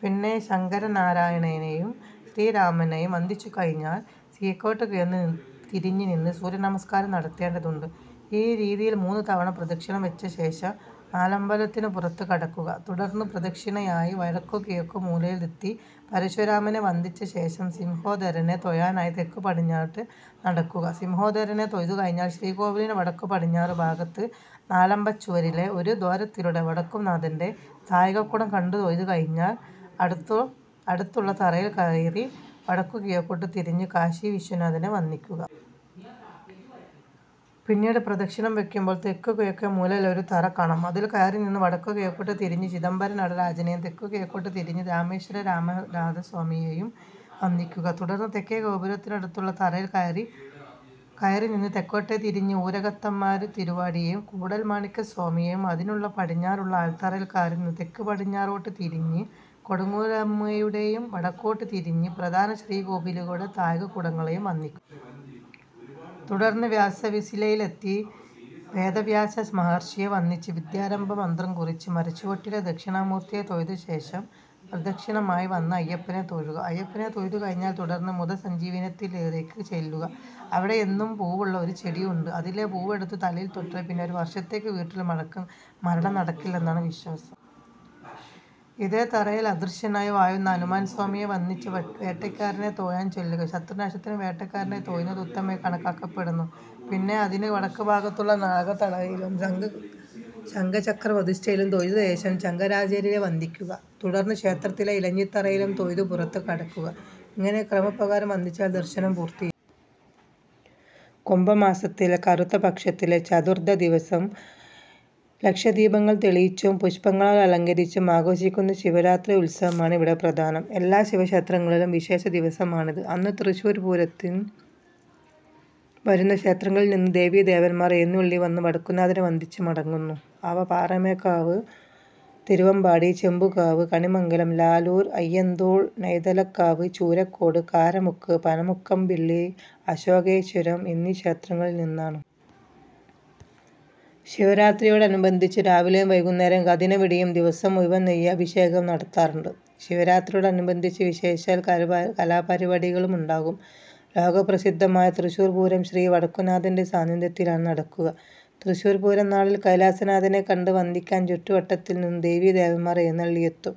പിന്നെ ശങ്കരനാരായണനെയും ശ്രീരാമനെയും വന്ദിച്ചുകഴിഞ്ഞാൽ കിഴക്കോട്ട് തിരിഞ്ഞുനിന്ന് സൂര്യനമസ്കാരം നടത്തേണ്ടതുണ്ട്. ഈ രീതിയിൽ മൂന്നുതവണ പ്രദക്ഷിണം വച്ചശേഷം നാലമ്പലത്തിന് പുറത്ത് കടക്കുക. തുടർന്ന് പ്രദക്ഷിണമായി വടക്കുകിഴക്കേമൂലയിലെത്തി പരശുരാമനെ വന്ദിച്ചശേഷം സിംഹോദരനെ തൊഴാനായി തെക്കുപടിഞ്ഞാട്ട് നടക്കുക. സിംഹോദരനെ തൊഴുതുകഴിഞ്ഞാൽ ശ്രീകോവിലിന് വടക്കുപടിഞ്ഞാറുഭാഗത്ത് നാലമ്പലച്ചുവരിലെ ഒരു ദ്വാരത്തിലൂടെ വടക്കുംനാഥന്റെ താഴികക്കുടം കണ്ടുതൊഴുതുകഴിഞ്ഞാൽ അടുത്തുള്ള തറയിൽ കയറി വടക്കുകിഴക്കോട്ട് തിരിഞ്ഞ് കാശീവിശ്വനാഥനെ വന്ദിയ്ക്കുക. പിന്നീട് പ്രദക്ഷിണം വയ്ക്കുമ്പോൾ തെക്കുകിഴക്കേമൂലയിൽ ഒരു തറ കാണാം. അതിൽ കയറിനിന്ന് വടക്കുകിഴക്കോട്ട് തിരിഞ്ഞ് ചിദംബരനടരാജനെയും തെക്കുകിഴക്കോട്ട് തിരിഞ്ഞ് രാമേശ്വരം രാമനാഥസ്വാമിയെയും വന്ദിയ്ക്കുക. തുടർന്ന് തെക്കേ ഗോപുരത്തിനടുത്തുള്ള തറയിൽ കയറിനിന്ന് തെക്കോട്ട് തിരിഞ്ഞ് ഊരകത്തമ്മത്തിരുവടിയെയും കൂടൽമാണിക്യസ്വാമിയെയും അതിന് പടിഞ്ഞാറുള്ള ആൽത്തറയിൽ കയറിനിന്ന് തെക്കുപടിഞ്ഞാറോട്ട് തിരിഞ്ഞ് കൊടുങ്ങല്ലൂരമ്മയെയും വടക്കോട്ട് തിരിഞ്ഞ് പ്രധാനശ്രീകോവിലുകളുടെ താഴികക്കുടങ്ങളെയും വന്ദിയ്ക്കുക. തുടർന്ന് വ്യാസശിലയിലെത്തി വേദവ്യാസമഹർഷിയെ വന്ദിച്ച് വിദ്യാരംഭമന്ത്രം കുറിച്ച് മരച്ചുവട്ടിലെ ദക്ഷിണാമൂർത്തിയെ തൊഴുതശേഷം പ്രദക്ഷിണമായി വന്ന് അയ്യപ്പനെ തൊഴുക. അയ്യപ്പനെ തൊഴുതുകഴിഞ്ഞാൽ തുടർന്ന് മൃതസഞ്ജീവനിത്തറയിലേയ്ക്ക് ചെല്ലുക. അവിടെ എന്നും പൂവുള്ള ഒരു ചെടിയുണ്ട്. അതിലെ പൂവെടുത്ത് തലയിൽ തൊട്ടാൽ പിന്നെ ഒരു വർഷത്തേയ്ക്ക് വീട്ടിൽ മരണം നടക്കില്ലെന്നാണ് വിശ്വാസം. ഇതേ തറയിൽ അദൃശ്യനായി വാഴുന്ന ഹനുമാൻ സ്വാമിയെ വന്ദിച്ച് വേട്ടേയ്ക്കരനെ തൊഴാൻ ചെല്ലുക. ശത്രുനാശത്തിന് വേട്ടേയ്ക്കരനെ തൊഴുന്നത് ഉത്തമമായി കണക്കാക്കപ്പെടുന്നു. പിന്നെ അതിന് വടക്കുഭാഗത്തുള്ള നാഗത്തറയിലും ശംഖചക്രപ്രതിഷ്ഠയിലും തൊഴുതശേഷം ശങ്കരാചാര്യരെ വന്ദിയ്ക്കുക. തുടർന്ന് ക്ഷേത്രത്തിലെ ഇലഞ്ഞിത്തറയിലും തൊഴുത് പുറത്ത് കടക്കുക. ഇങ്ങനെ ക്രമപ്രകാരം വന്ദിച്ചാൽ ദർശനം പൂർണമായി. കുംഭമാസത്തിലെ കറുത്തപക്ഷത്തിലെ ചതുർദ്ദശിദിവസം ലക്ഷദീപങ്ങൾ തെളിയിച്ചും പുഷ്പങ്ങളാൽ അലങ്കരിച്ചും ആഘോഷിയ്ക്കുന്ന ശിവരാത്രി ഉത്സവമാണ് ഇവിടെ പ്രധാനം. എല്ലാ ശിവക്ഷേത്രങ്ങളിലും വിശേഷദിവസമാണിത്. അന്ന് തൃശ്ശൂർ പൂരത്തിനു വരുന്ന ക്ഷേത്രങ്ങളിൽ നിന്ന് ദേവീദേവന്മാർ എഴുന്നള്ളിവന്ന് വടക്കുംനാഥനെ വന്ദിച്ച് മടങ്ങുന്നു. അവ പാറമേക്കാവ്, തിരുവമ്പാടി, ചെമ്പുക്കാവ്, കണിമംഗലം, ലാലൂർ, അയ്യന്തോൾ, നൈതലക്കാവ്, ചൂരക്കോട്, കാരമുക്ക്, പനമുക്കമ്പിള്ളി, അശോകേശ്വരം എന്നീ ക്ഷേത്രങ്ങളിൽ നിന്നാണ്. ശിവരാത്രിയോടനുബന്ധിച്ച് രാവിലെയും വൈകുന്നേരവും കതിനവെടിയും ദിവസം മുഴുവൻ നെയ്യഭിഷേകവും നടത്താറുണ്ട്. ശിവരാത്രിയോടനുബന്ധിച്ച് വിശേഷാൽ കലാപരിപാടികളുമുണ്ടാകും. ലോക പ്രസിദ്ധമായ തൃശ്ശൂർ പൂരം ശ്രീ വടക്കുംനാഥന്റെസാനിധ്യത്തിലാണ് നടക്കുക. തൃശ്ശൂർ പൂരം നാളിൽ കൈലാസനാഥനെ കണ്ട് വന്ദിക്കാൻ ചുറ്റുവട്ടത്തിൽനിന്നു ദേവീദേവന്മാർ എഴുന്നള്ളിയെത്തും.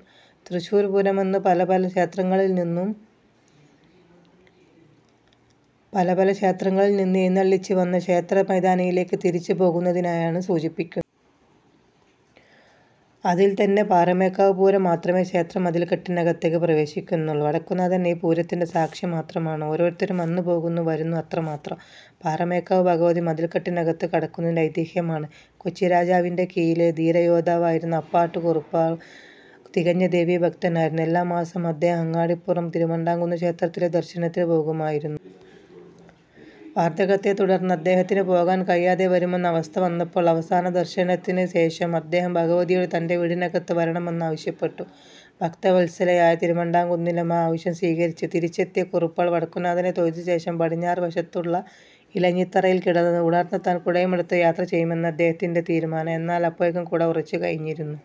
തൃശ്ശൂർ പൂരമെന്നത് പല പല ക്ഷേത്രങ്ങളിൽ നിന്ന് എഴുന്നെള്ളിച്ച് വന്ന ക്ഷേത്രമൈതാനിയിലേക്ക് തിരിച്ചുപോകുന്നതിനെയാണ് സൂചിപ്പിക്കുന്നത്. അതിൽ തന്നെ പാറമേക്കാവ് പൂരം മാത്രമേ ക്ഷേത്രമതിൽക്കെട്ടിനകത്തേക്ക് പ്രവേശിക്കുന്നുള്ളൂ. വടക്കുന്നാഥൻ ഈ പൂരത്തിന്റെ സാക്ഷി മാത്രമാണ്. ഓരോരുത്തരും വന്നുപോകുന്നു, വരുന്നു. അത്രമാത്രം. പാറമേക്കാവ് ഭഗവതി മതിൽക്കെട്ടിനകത്തേക്ക് കടക്കുന്നതിന്റെ ഐതിഹ്യമിതാണ്: കൊച്ചിരാജാവിന്റെ കീഴിലെ ധീരയോദ്ധാവായിരുന്ന അപ്പാട്ട് കുറുപ്പാൾ തികഞ്ഞ ദേവീഭക്തനായിരുന്നു. എല്ലാമാസവും അദ്ദേഹം അങ്ങാടിപ്പുറം തിരുമാന്ധാംകുന്ന് ക്ഷേത്രത്തിലേയ്ക്ക് ദർശനത്തിനുപോകുമായിരുന്നു. വാർദ്ധക്യത്തെത്തുടർന്ന് അദ്ദേഹത്തിനുപോകാൻ കഴിയാതെ വരുമെന്ന അവസ്ഥ വന്നപ്പോൾ അവസാനദർശനത്തിനുശേഷം അദ്ദേഹം ഭഗവതിയോട് തന്റെ വീടിനടുത്തേക്ക് വരണമെന്ന് ആവശ്യപ്പെട്ടു. ഭക്തവത്സലയായ തിരുമാന്ധാംകുന്നിലമ്മ ആ ആവശ്യം സ്വീകരിച്ചു. തിരിച്ചെത്തിയ കുറുപ്പാൾ വടക്കുന്നാഥനെയും തൊഴുതശേഷം വടക്കുപടിഞ്ഞാറുവശത്തുള്ള ഇലഞ്ഞിത്തറയിൽ കിടന്നുറങ്ങി. ഉണർന്ന് തന്റെ കുടയുമെടുത്ത് യാത്രചെയ്യാമെന്നായിരുന്നു അദ്ദേഹത്തിന്റെ തീരുമാനം. എന്നാൽ അപ്പോഴേക്കും കുട ഉറച്ചുകഴിഞ്ഞിരുന്നു.